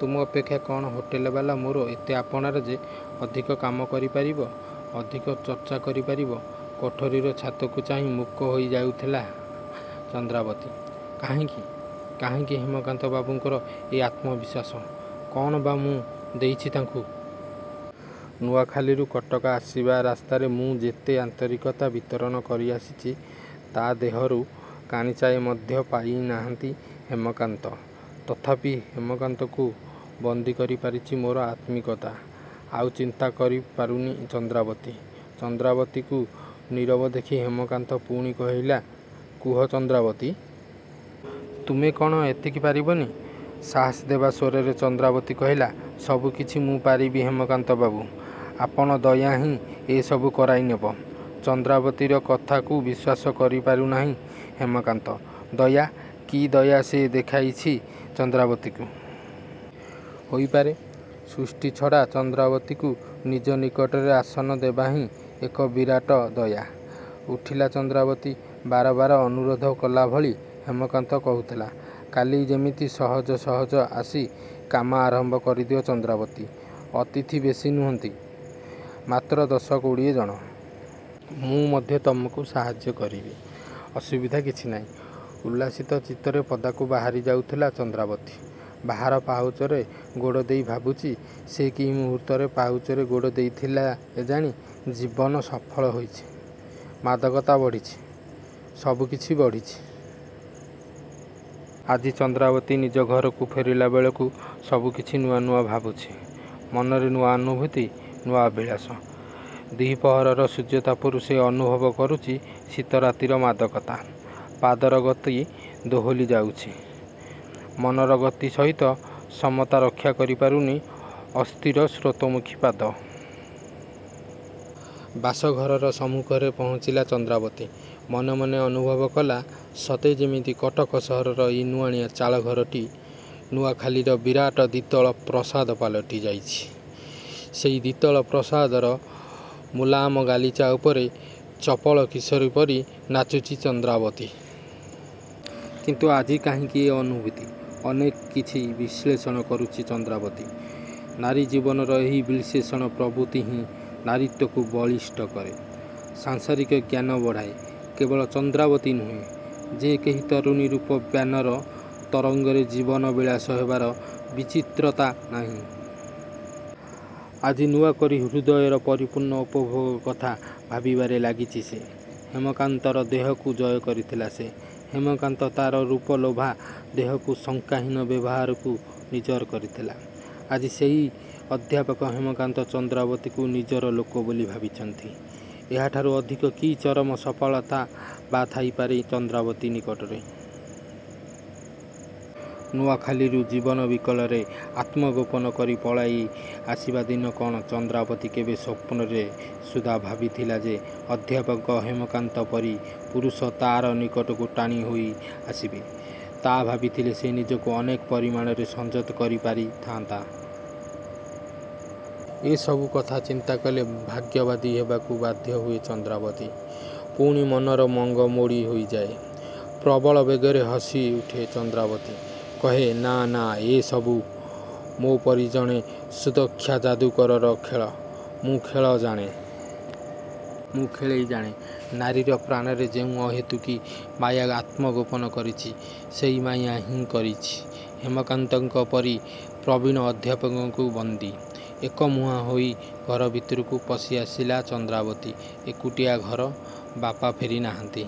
ତୁମ ଅପେକ୍ଷା କ'ଣ ହୋଟେଲ ବାଲା ମୋର ଏତେ ଆପଣାର ଯେ-ଅଧିକ କାମ କରି ପାରିବ? ଅଧିକ ଚର୍ଚ୍ଚା କରି ପାରିବ? '' କୋଠରୀର ଛାତକୁ ଚାହିଁ ମୂକ ହୋଇ ଯାଉଥିଲା ଚନ୍ଦ୍ରାବତୀ କାହିଁକି କାହିଁକି ହେମକାନ୍ତ ବାବୁଙ୍କର ଏ ଆତ୍ମବିଶ୍ୱାସ? କ'ଣ ବା ମୁଁ ଦେଇଛି ତାଙ୍କୁ? ନୂଆଖାଲିରୁ କଟକ ଆସିବା ରାସ୍ତାରେ ମୁଁ ଯେତେ ଆନ୍ତରିକତା ବିତରଣ କରି ଆସିଛି ତା'। ଦେହରୁ କାଣିଚାଏ ମଧ୍ୟ ପାଇ ନାହାନ୍ତି ହେମକାନ୍ତ। ତଥାପି ହେମକାନ୍ତଙ୍କୁ ବନ୍ଦୀ କରି ପାରିଛି ମୋର ଆତ୍ମିକତା। ଆଉ ଚିନ୍ତା କରି ପାରୁନି ଚନ୍ଦ୍ରାବତୀ। ଚନ୍ଦ୍ରାବତୀକୁ ନୀରବ ଦେଖି ହେମକାନ୍ତ ପୁଣି କହିଲା ''କୁହ ଚନ୍ଦ୍ରାବତୀ! ତୁମେ କ'ଣ ଏତିକ ପାରିବନି? '' ସାହାସ ଦେବା ସ୍ୱରରେ ଚନ୍ଦ୍ରାବତୀ କହିଲା-''ସବୁକିଛି ମୁଁ ପାରିବି ହେମକାନ୍ତ ବାବୁ ଆପଣଙ୍କ ଦୟା ହିଁ ଏସବୁ କରାଇ ନେବ। '' ଚନ୍ଦ୍ରାବତୀର କଥାକୁ ବିଶ୍ୱାସ କରି ପାରୁନାହିଁ ହେମକାନ୍ତ। ଦୟା। କି ଦୟା ସେ ଦେଖାଇଛି ଚନ୍ଦ୍ରାବତୀକୁ? ହେଇପାରେ.. ସୃଷ୍ଟି ଛଡ଼ା ଚନ୍ଦ୍ରାବତୀକୁ ନିଜ ନିକଟରେ ଆସନ ଦେବା ହିଁ ଏକ ବିରାଟ ଦୟା। ଉଠିଲା ଚନ୍ଦ୍ରାବତୀ ବାର ବାର ଅନୁରୋଧ କଲାଭଳି ହେମକାନ୍ତ କହୁଥିଲା କାଲି ଯେମିତି ସହଜ ସହଜ ଆସି କାମ ଆରମ୍ଭ କରିଦିଅ ଚନ୍ଦ୍ରାବତୀ। ଅତିଥୀ ବେଶୀ ନୁହଁନ୍ତି। ମାତ୍ର ଦଶ କୋଡ଼ିଏ ଜଣ। ମୁଁ ମଧ୍ୟ ତୁମକୁ ସାହାଯ୍ୟ କରିବି। ଅସୁବିଧା କିଛି ନାହିଁ। ଉଲ୍ଲସିତ ଚିତ୍ତରେ ପଦାକୁ ବାହାରି ଯାଉଥିଲା ଚନ୍ଦ୍ରାବତୀ। ବାହାର ପାଉଛରେ ଗୋଡ଼ ଦେଇ ଭାବୁଛି ସେ କି ମୁହୂର୍ତ୍ତରେ ପାଉଛରେ ଗୋଡ଼ ଦେଇଥିଲି କେଜାଣି ଜୀବନ ସଫଳ ହୋଇଛି ମାଦକତା ବଢ଼ିଛି.. ସବୁ କିଛି ବଢ଼ିଛି। ଆଜି ଚନ୍ଦ୍ରାବତୀ ନିଜ ଘରକୁ ଫେରିଲା ବେଳକୁ ସବୁ କିଛି ନୂଆ ନୂଆ ଭାବୁଛି। ମନରେ ନୂଆ ଅନୁଭୂତି, ନୂଆ ଅଭିଳାଷ। ଦ୍ୱି'ପ୍ରହରର ସୂର୍ଯ୍ୟତାପରୁ ସେ ଅନୁଭବ କରୁଛି ଶୀତ ରାତିର ମାଦକତା। ପାଦର ଗତି ଦୋହଲି ଯାଉଛି। ମନର ଗତି ସହିତ ସମତା ରକ୍ଷା କରି ପାରୁନି ଅସ୍ଥିର ସ୍ରୋତମୁଖୀ ପାଦ। ବସା ଘରର ସମ୍ମୁଖରେ ପହଞ୍ଚିଲା ଚନ୍ଦ୍ରାବତୀ। ମନେ ମନେ ଅନୁଭବ କଲା ସତେ ଯେମିତି କଟକ ସହରର ଏଇ ନୁଆଣିଆଁ ଚାଳଘରଟି ନୂଆଖାଲିର ବିରାଟ ଦ୍ୱିତଳ ପ୍ରାସାଦ ପାଲଟି ଯାଇଛି। ସେହି ଦ୍ୱିତଳ ପ୍ରାସାଦର ମୁଲାମ ଗାଲିଚା ଉପରେ ଚପଳ କିଶୋରୀ ପରି ନାଚୁଛି ଚନ୍ଦ୍ରାବତୀ। କିନ୍ତୁ ଆଜି କାହିଁକି ଏ ଅନୁଭୂତି? ଅନେକ କିଛି ବିଶ୍ଲେଷଣ କରୁଛି ଚନ୍ଦ୍ରାବତୀ। ନାରୀ ଜୀବନର ଏହି ବିଶ୍ଲେଷଣ ପ୍ରବୃତ୍ତି ହିଁ ନାରୀତ୍ୱକୁ ବଳିଷ୍ଠ କରେ। ସାଂସାରିକ ଜ୍ଞାନ ବଢ଼ାଏ। କେବଳ ଚନ୍ଦ୍ରବାତୀ ନୁହେଁ ଯେ କେହି ତରୁଣୀ ରୂପ ବନ୍ୟାର ତରଙ୍ଗରେ ଜୀବନ ବିଳାସୀ ହେବାର ବିଚିତ୍ରତା ନାହିଁ। ଆଜି ନୂଆକରି ହୃଦୟର ପରିପୂର୍ଣ୍ଣ ଉପଭୋଗ କଥା ଭାବିବାରେ ଲାଗିଛି ସେ, ହେମକାନ୍ତର ଦେହକୁ ଜୟ କରିଥିଲା ସେ। ହେମକାନ୍ତ ତା'ର ରୂପଲୋଭା ଦେହକୁ.. ଶଙ୍କାହୀନ ବ୍ୟବହାରକୁ ନିଜର କରିଥିଲା। ଆଜି ସେହି ଅଧ୍ୟାପକ ହେମକାନ୍ତ.. ଚନ୍ଦ୍ରାବତୀକୁ ନିଜର ଲୋକବୋଲି ଭାବିଛନ୍ତି। ଏହାଠାରୁ ଅଧିକ କି ଚରମ ସଫଳତା ବା' ଥାଇପାରେ ଚନ୍ଦ୍ରାବତୀ ନିକଟରେ? ନୂଆଖାଲିରୁ ଜୀବନ ବିକଳରେ ଆତ୍ମଗୋପନ କରି ପଳାଇ ଆସିବା ଦିନ କ'ଣ ଚନ୍ଦ୍ରାବତୀ କେବେ ସ୍ୱପ୍ନରେ ସୁଦ୍ଧା ଭାବିଥିଲା ଯେ ଅଧ୍ୟାପକ ହେମକାନ୍ତଙ୍କ ପରି ପୁରୁଷ ତା'ର ନିକଟକୁ ଟାଣି ହୋଇ ଆସିବେ? ତା' ଭିବିଥିଲେ ସେ ନିଜକୁ ଅନେକ ପରିମାଣରେ ସଂଯତ କରି ପାରିଥାନ୍ତା। ଏ ସବୁ କଥା ଚିନ୍ତା କଲେ ଭାଗ୍ୟବାଦୀ ହେବାକୁ ବାଧ୍ୟ ହୁଏ ଚନ୍ଦ୍ରାବତୀ। ପୁଣି ମନର ମଙ୍ଗ ମୋଡ଼ି ହୋଇଯାଏ। ପ୍ରବଳ ବେଗରେ ହସି ଉଠି ଚନ୍ଦ୍ରାବତୀ କହେ ''ନାଁ ନାଁ ଏ ସବୁ ମୋ ପରି ଜଣେ ସୁଦକ୍ଷା ଯାଦୁକରର ଖେଳ। ମୁଁ ଖେଳ ଜାଣେ। ମୁଁ ଖେଳେଇ ଜାଣେ। ନାରୀ ପ୍ରାଣରେ ଯେଉଁ ଅହେତୁକୀ ମାୟା ଆତ୍ମଗୋପନ କରିଛି ସେହି ମାୟା ହିଁ କରିଛି ହେମକାନ୍ତଙ୍କ ପରି ପ୍ରବୀଣ ଅଧ୍ୟାପକଙ୍କୁ ବନ୍ଦୀ! '' ଏକ ମୁହାଁ ହୋଇ ଘର ଭିତରକୁ ପଶି ଆସିଲା ଚନ୍ଦ୍ରାବତୀ। ଏକୁଟିଆ ଘର। ବାପା ଫେରି ନାହାଁନ୍ତି।